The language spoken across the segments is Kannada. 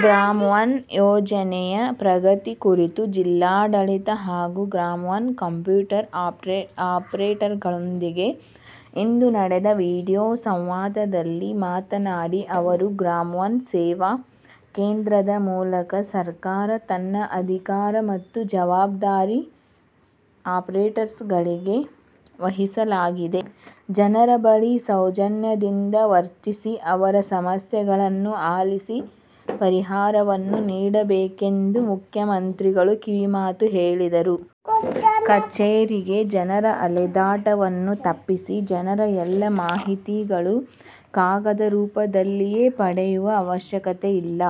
ಗ್ರಾಮ ಒನ್ ಯೋಜನೆಯ ಪ್ರಗತಿ ಕುರಿತು ಜಿಲ್ಲಾಡಳಿತ ಹಾಗೂ ಗ್ರಾಮ ಒನ್ ಕಂಪ್ಯೂಟರ್ ಆಪರೇಟರ್ಗಳೊಂದಿಗೆ ಇಂದು ನಡೆದ ವಿಡಿಯೋ ಸಂವಾದದಲ್ಲಿ ಮಾತನಾಡಿ ಅವರು, ಗ್ರಾಮ ಒನ್ ಸೇವಾ ಕೇಂದ್ರದ ಮೂಲಕ ಸರ್ಕಾರ ತನ್ನ ಅಧಿಕಾರ ಮತ್ತು ಜವಾಬ್ದಾರಿ ಆಪರೇಟರ್ಸ್ಗಳಿಗೆ ವಹಿಸಲಾಗಿದೆ. ಜನರ ಬಳಿ ಸೌಜನ್ಯದಿಂದ ವರ್ತಿಸಿ, ಅವರ ಸಮಸ್ಯೆಗಳನ್ನು ಆಲಿಸಿ, ಪರಿಹಾರವನ್ನು ನೀಡಬೇಕೆಂದು ಮುಖ್ಯಮಂತ್ರಿಗಳು ಕಿವಿಮಾತು ಹೇಳಿದರು. ಕಚೇರಿಗೆ ಜನರ ಅಲೆದಾಟವನ್ನು ತಪ್ಪಿಸಿ ಜನರ ಎಲ್ಲ ಮಾಹಿತಿಗಳು ಕಾಗದರೂಪದಲ್ಲಿಯೇ ಪಡೆಯುವ ಅವಶ್ಯಕತೆಯಿಲ್ಲ.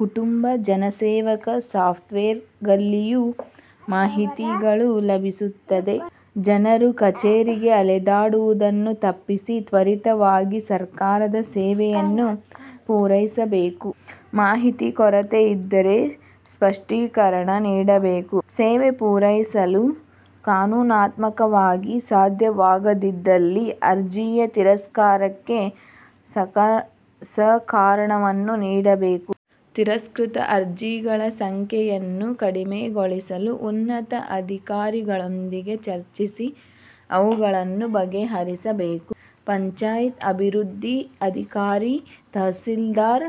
'ಕುಟುಂಬ' ಜನಸೇವಕ ಸಾಫ್ಟ್ವೇರ್ಗಲ್ಲಿಯೂ ಮಾಹಿತಿಗಳು ಲಭಿಸುತ್ತದೆ. ಜನರು ಕಚೇರಿಗೆ ಅಲೆದಾಡುವುದನ್ನು ತಪ್ಪಿಸಿ ತ್ವರಿತವಾಗಿ ಸರ್ಕಾರದ ಸೇವೆಯನ್ನು ಪೂರೈಸಬೇಕು. ಮಾಹಿತಿ ಕೊರತೆ ಇದ್ದರೆ ಸ್ಪಷ್ಟೀಕರಣ ನೀಡಬೇಕು. ಸೇವೆ ಪೂರೈಸಲು ಕಾನೂನಾತ್ಮಕವಾಗಿ ಸಾಧ್ಯವಾಗದಿದ್ದಲ್ಲಿ ಅರ್ಜಿಯ ತಿರಸ್ಕಾರಕ್ಕೆ ಸಕಾರಣವನ್ನು ನೀಡಬೇಕು. ತಿರಸ್ಕೃತ ಅರ್ಜಿಗಳ ಸಂಖ್ಯೆಯನ್ನು ಕಡಿಮೆಗೊಳಿಸಲು ಉನ್ನತ ಅಧಿಕಾರಿಗಳೊಂದಿಗೆ ಚರ್ಚಿಸಿ ಅವುಗಳನ್ನು ಬಗೆಹರಿಸಬೇಕು. ಪಂಚಾಯತ್ ಅಭಿವೃದ್ಧಿ ಅಧಿಕಾರಿ, ತಹಶೀಲ್ದಾರ್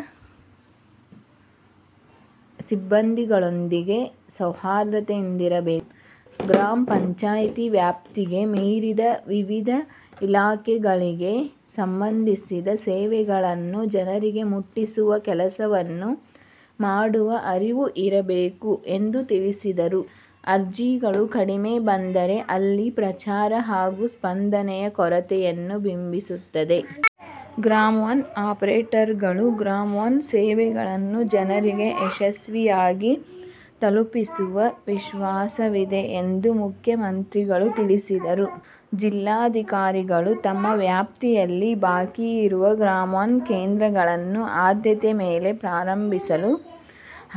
ಸಿಬ್ಬಂದಿಗಳೊಂದಿಗೆ ಸೌಹಾರ್ದತೆಯಿಂದಿರಬೇಕು. ಗ್ರಾಮ ಪಂಚಾಯತಿ ವ್ಯಾಪ್ತಿಗೆ ಮೀರಿದ ವಿವಿಧ ಇಲಾಖೆಗಳಿಗೆ ಸಂಬಂಧಿಸಿದ ಸೇವೆಗಳನ್ನು ಜನರಿಗೆ ಮುಟ್ಟಿಸುವ ಕೆಲಸವನ್ನು ಮಾಡುವ ಅರಿವು ಇರಬೇಕು ಎಂದು ತಿಳಿಸಿದರು. ಅರ್ಜಿಗಳು ಕಡಿಮೆ ಬಂದರೆ, ಅಲ್ಲಿ ಪ್ರಚಾರ ಹಾಗೂ ಸ್ಪಂದನೆಯ ಕೊರತೆಯನ್ನು ಬಿಂಬಿಸುತ್ತದೆ. ಗ್ರಾಮ ಒನ್ ಆಪರೇಟರ್ಗಳು ಗ್ರಾಮ ಒನ್ ಸೇವೆಗಳನ್ನು ಜನರಿಗೆ ಯಶಸ್ವಿಯಾಗಿ ತಲುಪಿಸುವ ವಿಶ್ವಾಸವಿದೆ ಎಂದು ಮುಖ್ಯಮಂತ್ರಿಗಳು ತಿಳಿಸಿದರು. ಜಿಲ್ಲಾಧಿಕಾರಿಗಳು ತಮ್ಮ ವ್ಯಾಪ್ತಿಯಲ್ಲಿ ಬಾಕಿ ಇರುವ ಗ್ರಾಮ ಒನ್ ಕೇಂದ್ರಗಳನ್ನು ಆದ್ಯತೆ ಮೇಲೆ ಪ್ರಾರಂಭಿಸಲು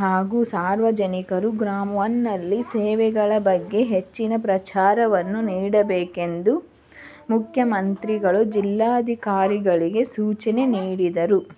ಹಾಗೂ ಸಾರ್ವಜನಿಕರು ಗ್ರಾಮ ಒನ್ನಲ್ಲಿ ಸೇವೆಗಳ ಬಗ್ಗೆ ಹೆಚ್ಚಿನ ಪ್ರಚಾರವನ್ನು ನೀಡಬೇಕೆಂದು ಮುಖ್ಯಮಂತ್ರಿಗಳು ಜಿಲ್ಲಾಧಿಕಾರಿಗಳಿಗೆ ಸೂಚನೆ ನೀಡಿದರು.